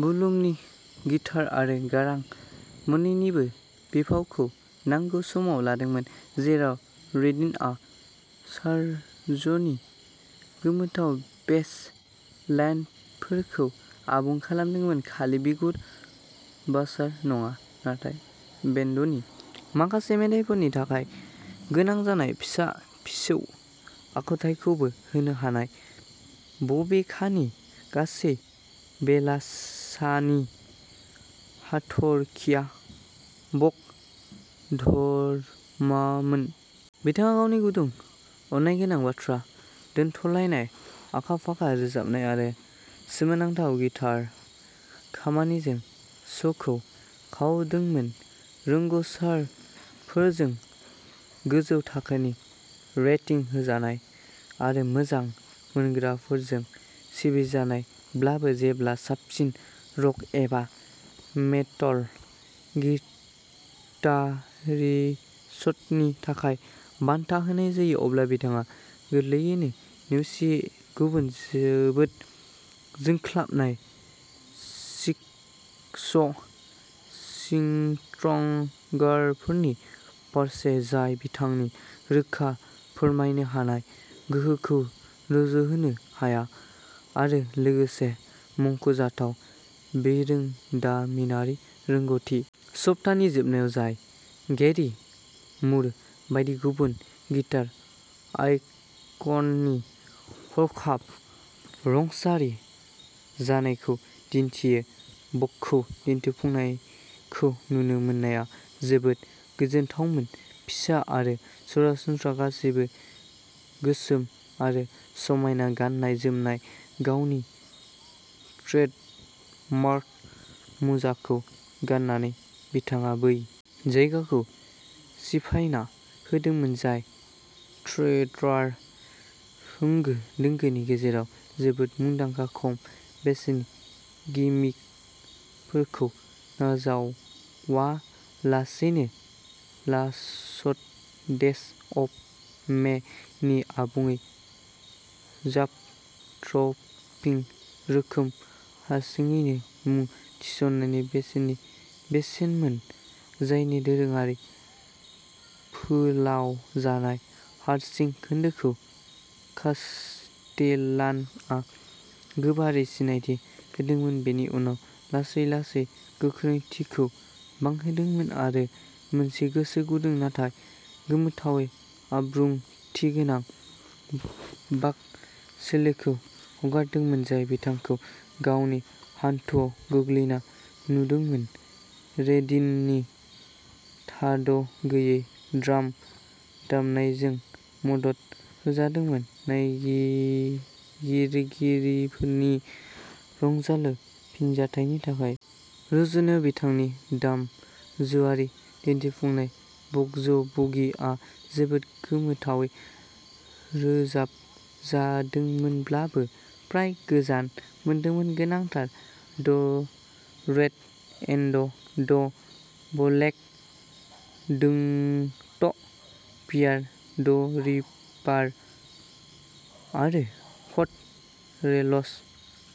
ब्लुमनि guitar आरो गारां मोन्नैनिबो बिफावखौ नांगौ समाव लादोंमोन। जेराव रेडिन'आ सारज'नि गोमोथाव बेस लाइनफोरखौ आबुं खालामदोंमोन खालि बिगुर बासार नङा, नाथाय बेन्दनि माखासे मेथाइफोरनि थाखाय गोनां जानाय फिसा-फिसौ आखुथायखौबो होनो हानाय। बबेखानि, गासै बेलासानि हाथरखिआ बक धर्मामोन। बिथाङा गावनि गुदुं, अननायगोनां बाथ्रा दोन्थलायनाय, आखा-फाखा रोजाबनाय, आरो सोमोनांथाव गिटार खामानिजों श'खौ खावदोंमोन। रोंग'सारफोरजों गोजौ थाखोनि रेटिं होजानाय आरो मोजां मोनग्राफोरजों सिबिजानायब्लाबो जेब्ला साबसिन रक एबा मेटल गिटारिस्टनि थाखाय बान्था होनाय जायो अब्ला बिथाङा गोरलैयैनो नेवसियो गुबुन जोबोद जोंख्लाबनाय सिक्स-स्ट्रिंगारफोरनि फारसे, जाय बिथांनि रोखा फोरमायनो हानाय गोहोखौ रुजुहोनो हाया आरो लोगोसे मुंख'जाथाव बिरोंदामिनारि रोंग'थि। सप्तानि जोबनायाव जाय गेरि मुर बायदि गुबुन गिटार आइकननि हरखाब रुंसारि जानायखौ दिन्थियो, बकखौ दिन्थिफुंनायखौ नुनो मोननाया जोबोद गोजोनथावमोन। फिसा आरो सरासनस्रा गासैबो गोसोम आरो समायना गाननाय-जोमनाय। गावनि ट्रेडमार्क मुजाखौ गाननानै बिथाङा बै जायगाखौ सिफायना होदोंमोन जाय थ्रेडार होंगो दोंगोनि गेजेराव जोबोद मुंदांखा खम बेसेननि गिमिकफोरखौ नाजावालासेनो "लास्ट डेज अफ मे" नि आबुङै जाभ-ड्रपिं रोखोम हारसिङैनो मुं थिसननायनि बेसेननि बेसेनमोन जायनि दोरोङारि फोलावजानाय हारसिं खोन्दोखौ कास्टेलान'आ गोबारै सिनायथि होदोंमोन बेनि उनाव लासै लासै गोख्रैथिखौ बांहोदोंमोन आरो मोनसे गोसो गुदुं नाथाय गोमोथावै आब्रुथिगोनां बाक सोलोखौ हगारदोंमोन जाय बिथांखौ गावनि हान्थुआव गोग्लैना नुदोंमोन रेडिन'नि थाद'गैयै ड्राम दामनायजों मदद होजादोंमोन नायगिरिगिरिफोरनि रंजालु फिनजाथायनि थाखाय। रुजुनायाव बिथांनि दामजुआरि दिन्थिफुंनाय "बक'ज बुगी" आ, जोबोद गोमोथावै रोजाबजादोंमोनब्लाबो, फ्राय गोजोन मोनदोंमोन। गोनांथार "the red and the black", "don't fear the reaper" आरो "हट रेल्स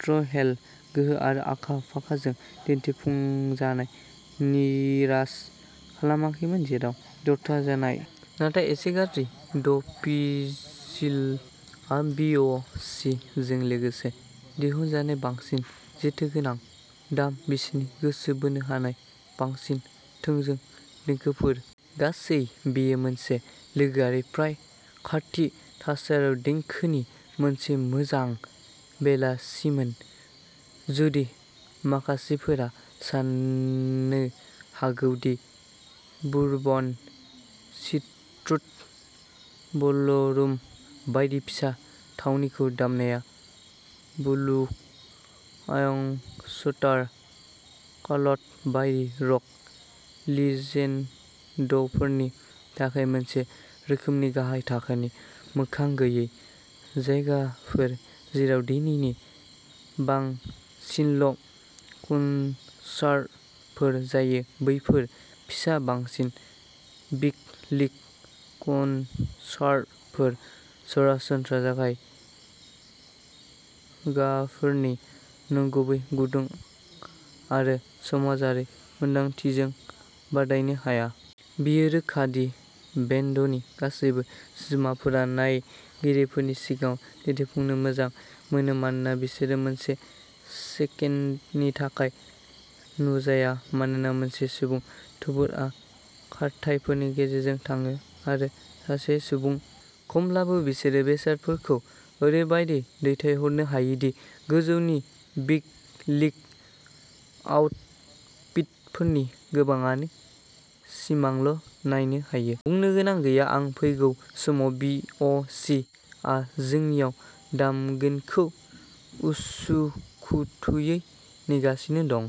टू हेल", गोहो आरो आखा-फाखाजों दिन्थिफुंजानाय, निराश खालामाखैमोन जेराव दबथायजानाय नाथाय एसे गाज्रि "द भिजिल" आ बि अ सि जों लोगोसे दिहुनजानाय बांसिन जेथोगोनां दाम बिसोरनि गोसो बोनो हानाय, बांसिन थोंजों देंखोफोर। गासै, बेयो मोनसे लोगोआरि, फ्राय खाथि थासारियाव देंखोनि मोनसे मोजां बेलासिमोन। जुदि माखासेफोरा सानो हागौ दि बुरबन स्ट्रट बलरुम बायदि फिसा थावनिखौ दामनाया ब्लु ऑयंस्टार काल्ट बायदि रक लिजेन्डफोरनि थाखाय मोनसे रोखोमनि गाहाय थाखोनि, मोखां गैयै जायगाफोर जेराव दिनैनि बांसिनल 'कनसार्टफोर जायो, बैफोर फिसा बांसिन बिग-लिग'कनसार्टफोर, सरासनस्रा जागाय जायगाफोरनि नंगुबै गुदुं आरो समाजारि मोनदांथिजों बादायनो हाया। बेयो रोखा दि बेन्डनि गासैबो सोद्रोमाफोरा नायगिरिफोरनि सिगाङाव दिन्थिफुंनो मोजां मोनो मानोना बिसोरो मोनसे सेकेन्डनि थाखाय नुजाया मानोना मोनसे सुबुं थुबुरआ खारथाइफोरनि गेजेरजों थाङो आरो सासे सुबुं खमब्लाबो बिसोरो बेसादफोरखौ ओरैबायदि दैथायहरनो हायो दि गोजौनि बिग-लिग आउटफिटफोरनि गोबांआनो सिमांल' नायनो हायो। बुंनो गोनां गैया, आं फैगौ समाव बि. अ. सि. आ जोंनिआव दामगोनखौ उसुखुथुयै नेगासिनो दं।